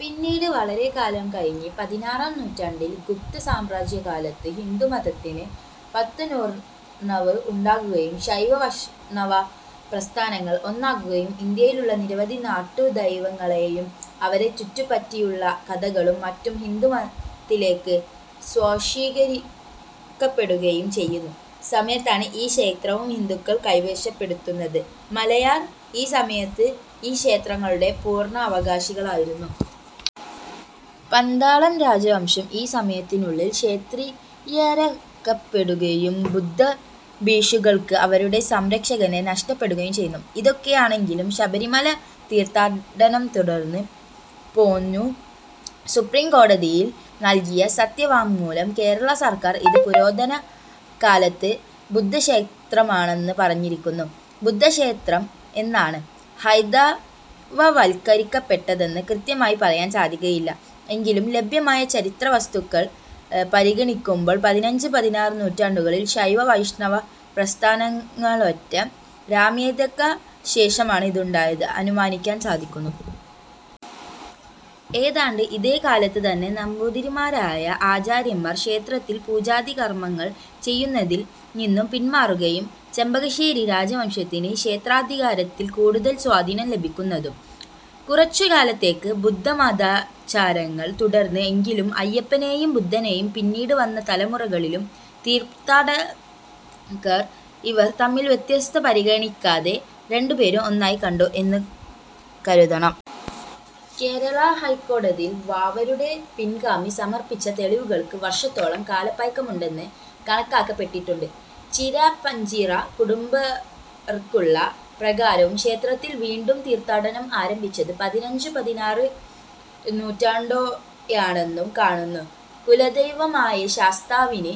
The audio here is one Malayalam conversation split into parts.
പിന്നീട് വളരെക്കാലം കഴിഞ്ഞ് പതിനാറാം നൂറ്റാണ്ടിൽ ഗുപ്ത സാമ്രാജ്യകാലത്ത് ഹിന്ദുമതത്തിനു പുത്തനുണർവ്വ് ഉണ്ടാകുകയും ശൈവ വൈഷ്ണവ പ്രസ്ഥാനങ്ങൾ ഒന്നാകുകയും ഇന്ത്യയിലുള്ള നിരവധി നാട്ടു ദൈവങ്ങളെയും അവരെ ചുറ്റുപ്പറ്റിയുള്ള കഥകളും മറ്റും ഹിന്ദുമതത്തിലേക്ക് സ്വാംശീകരിക്കപ്പെടുകയും ചെയ്യുന്ന സമയത്താണ് ഈ ക്ഷേത്രവും ഹിന്ദുക്കൾ കൈവശപ്പെടുത്തുന്നത്. മലയർ ഈ സമയർത്ത് ഈ ക്ഷേത്രങ്ങളുടെ പൂർണ്ണ അവകാശികളായിരുന്നു. പന്തളം രാജവംശം ഈ സമയത്തിനുള്ളിൽ ക്ഷത്രിയരാക്കപ്പെടുകയും ബുദ്ധഭിക്ഷുക്കൾക്ക് അവരുടെ സംരക്ഷകനെ നഷ്ടപ്പെടുകയും ചെയ്യുന്നു. ഇതൊക്കെയാണെങ്കിലും ശബരിമല തീർത്ഥാടനം തുടർന്നു പോന്നു. സുപ്രീം കോടതിയിൽ നൽകിയ സത്യവാങ്മൂലം കേരള സർക്കാർ ഇത് പുരാതന കാലത്ത് ബുദ്ധക്ഷേത്രമാണെന്ന് പറഞ്ഞിരിക്കുന്നു. ബുദ്ധക്ഷേത്രം എന്നാണ് ഹൈന്ദവവൽകരിക്കപ്പെട്ടതെന്ന് കൃത്യമായി പറയാൻ സാധിക്കയില്ല എങ്കിലും ലഭ്യമായ ചരിത്രവസ്തുതകൾ പരിഗണിക്കുമ്പോൾ പതിനഞ്ച് - പതിനാറ് നൂറ്റാണ്ടുകളിൽ ശൈവവൈഷ്ണവ പ്രസ്ഥാനങ്ങളുറ്റെ രമ്യതക്കു ശേഷമാണ് ഇതുണ്ടായതെന്ന് അനുമാനിക്കാൻ സാധിക്കുന്നു. ഏതാണ്ട് ഇതേ കാലത്ത് തന്നെ നമ്പൂതിരിമാരായ ആചാര്യന്മാർ ക്ഷേത്രത്തിൽ പൂജാദികർമ്മങ്ങൾ ചെയ്യുന്നതിൽ നിന്ന് പിന്മാറുകയും ചെമ്പകശ്ശേരി രാജവംശത്തിന് ക്ഷേത്രാധികാരത്തിൽ കൂടുതൽ സ്വാധീനം ലഭിക്കുന്നതും. കുറച്ചു കാലത്തേക്ക് ബുദ്ധമതാരചങ്ങൾ തുടർന്നു എങ്കിലും അയ്യപ്പനേയും ബുദ്ധനേയും പിന്നീടു വന്ന തലമുറകളിലെ തീർത്ഥാടകർ ഇവർ തമ്മിലുള്ള വ്യത്യാസത്തെ പരിഗണിക്കാതെ രണ്ടുപേരും ഒന്നായി കണ്ടു എന്നു കരുതണം. കേരള ഹൈക്കോടതിയിൽ വാവരുടെ പിൻഗാമി സമർപ്പിച്ച തെളിവുകൾക്ക് വർഷത്തോളം കാലപഴക്കമുണ്ടെന്ന് കണക്കാക്കപ്പെട്ടിട്ടുണ്ട്. ചീരപ്പഞ്ചിറ കുടുംബർക്കുള്ള പ്രകാരവും ക്ഷേത്രത്തിൽ വീണ്ടും തീർത്ഥാടനം ആരംഭിച്ചത് പതിനഞ്ച് - പതിനാറ് നൂറ്റാണ്ടോടെയാണെന്നു കാണുന്നു. കുലദൈവമായ ശാസ്താവിനെ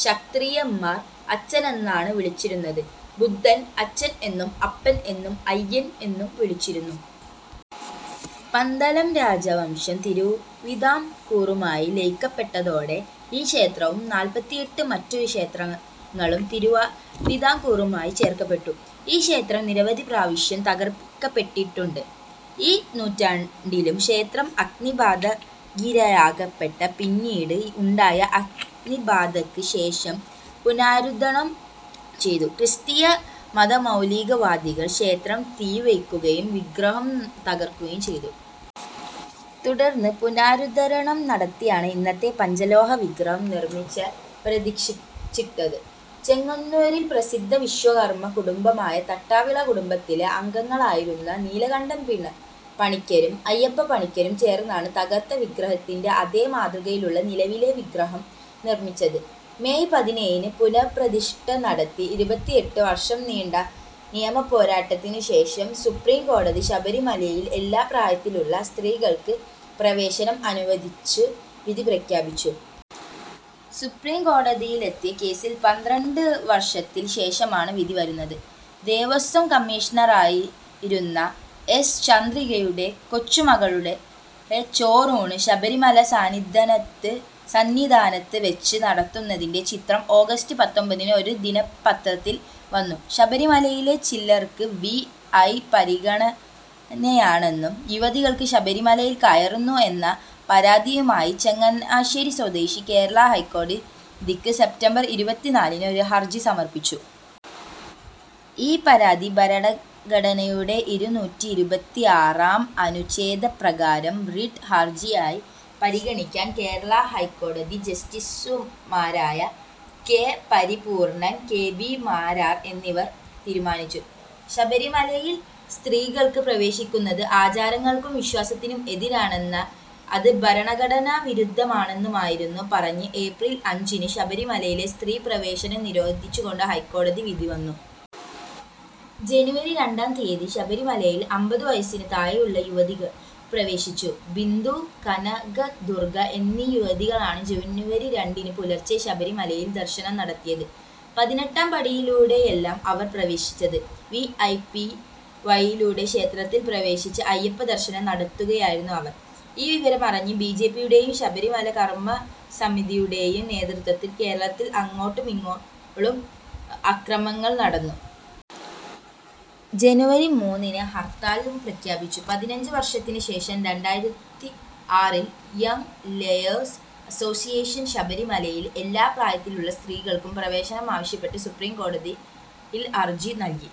ക്ഷത്രിയന്മാർ അച്ഛനെന്നാണ് വിളിച്ചിരുന്നത്. ബുദ്ധനെ അച്ഛൻ എന്നും അപ്പൻ എന്നും അയ്യൻ എന്നും വിളിച്ചിരുന്നു. പന്തലം രാജവംശം തിരുവിതാം കൂറുമായി ലയിക്കപ്പെട്ടതോടെ ഈ ക്ഷേത്രവും നാല്പത്തിഎട്ട് മറ്റു ക്ഷേത്രങ്ങളും തിരുവിതാംകൂറുമായി ചേർക്കപ്പെട്ടു. ഈ ക്ഷേത്രം നിരവധി പ്രാവശ്യം തകർക്കപ്പെട്ടിട്ടുമുണ്ട്. ഈ നൂറ്റാണ്ടിലും ക്ഷേത്രം അഗ്നിബാധക്കിരയാക്കപ്പെട്ടു പിന്നീട് ഉണ്ടായ അഗ്നിബാധക്ക് ശേഷം പുനരുദ്ധാരണം ചെയ്തു. ക്രിസ്തീയ മതമൗലികവാദികൾ ക്ഷേത്രം തീവയ്ക്കുകയും വിഗ്രഹം തകർക്കുകയും ചെയ്തു. തുടർന്ന് പുനരുദ്ധാരണം നടത്തിയാണ് ഇന്നത്തെ പഞ്ചലോഹവിഗ്രഹം നിർമ്മിച്ച് പ്രതിഷ്ഠിച്ചത്. ചെങ്ങന്നൂരിലെ പ്രസിദ്ധ വിശ്വകർമ്മ കുടുംബമായ തട്ടാവിള കുടുംബത്തിലെ അംഗങ്ങളായിരുന്ന നീലകണ്ഠപണിക്കരും അയ്യപ്പപ്പണിക്കരും ചേർന്നാണ് തകർത്ത വിഗ്രഹത്തിന്റെ അതേ മാതൃകയിലുള്ള നിലവിലെ വിഗ്രഹം നിർമ്മിച്ചത്. മേയ് പതിനേഴിന് പുനഃപ്രതിഷ്ഠ നടത്തി. ഇരുപത്തിഎട്ട് വർഷം നീണ്ട നിയമപോരാട്ടത്തിന് ശേഷം സുപ്രീം കോടതി ശബരിമലയിൽ എല്ലാം പ്രായത്തിലുമുള്ള സ്ത്രീകൾക്ക് പ്രവേശനം അനുവദിച്ച് വിധി പ്രഖ്യാപിച്ചു. സുപ്രീംകോടതിയിലെത്തിയ കേസിൽ പന്ത്രണ്ട് വർഷത്തിന് ശേഷമാണ് വിധി വരുന്നത്. ദേവസ്വം കമ്മീഷണറായിരുന്ന എസ്. ചന്ദ്രികയുടെ കൊച്ചുമകളുടെ ചോറൂണ് ശബരിമല സന്നിധാനത്ത് വെച്ച് നടത്തുന്നതിന്റെ ചിത്രം ഓഗസ്റ്റ് പത്തൊമ്പതിന് ഒരു ദിനപത്രത്തിൽ വന്നു. ശബരിമലയിൽ ചിലർക്ക് വി. ഐ. പരിഗണനയാണെന്നും യുവതികൾ ശബരിമലയിൽ കയറുന്നു എന്ന പരാതിയിയുമായി ചങ്ങനാശേരി സ്വദേശി കേരള ഹൈക്കോടതിക്ക് സെപ്റ്റംബർ ഇരുപത്തിനാലിന് ഒരു ഹർജി സമർപ്പിച്ചു. ഈ പരാതി ഭരണഘടനയുടെ ഇരുനൂറ്റിഇരുപത്തിആറാം അനുഛേദപ്രകാരം റിട്ട് ഹർജിയായി പരിഗണിക്കാൻ കേരള ഹൈക്കോതി ജസ്റ്റിസുമാരായ K. Paripoornan, K. B. Marar എന്നിവർ തീരുമാനിച്ചു. ശബരിമലയിൽ സ്ത്രീകൾ പ്രവേശിക്കുന്നത് ആചാരങ്ങൾക്കും വിശ്വാസത്തിനും എതിരാണെന്നും അത് ഭരണഘടനാ വിരുദ്ധമാണെന്നുമായിരുന്നു പറഞ്ഞ് ഏപ്രിൽ അഞ്ചിന് ശബരിമലയിലെ സ്ത്രീപ്രവേശനം നിരോധിച്ചുകൊണ്ട് ഹൈക്കോടതി വിധി വന്നു. ജനുവരി രണ്ടാം തീയതി ശബരിമലയിൽ അമ്പതു വയസിനു താഴെയുള്ള യുവതികൾ പ്രവേശിച്ചു. ബിന്ദു, കനകദുർഗ്ഗ എന്നീ യുവതികളാണ് ജനുവരി രണ്ടിന് പുലർച്ചെ ശബരിമലയിൽ ദർശനം നടത്തിയത്. പതിനെട്ടാംപടിയിലൂടെയല്ല അവർ പ്രവേശിച്ചത്. വിഐപി വഴിയിലൂടെ ക്ഷേത്രത്തിൽ പ്രവേശിച്ച് അയ്യപ്പദർശനം നടത്തുകയായിരുന്നു അവർ. ഈ വിവരമറിഞ്ഞ് ബിജെപിയുടെയും ശബരിമല കർമ്മസമിതിയുടെയും നേതൃത്വത്തിൽ കേരളത്തിൽ അങ്ങോളമിങ്ങോളം അക്രമങ്ങൾ നടന്നു. ജനുവരി മൂന്നിന് ഹർത്താലും പ്രഖ്യാപിച്ചു. പതിനഞ്ച് വർഷത്തിന് ശേഷം രണ്ടായിരത്തിആറിൽ യംങ് ലോയേഴ്സ് അസോസിയേഷൻ ശബരിമലയിൽ എല്ലാ പ്രായത്തിലുള്ള സ്ത്രീകൾക്കും പ്രവേശനം ആവശ്യപ്പെട്ട് സുപ്രീംകോടതിയിൽ ഹർജി നൽകി.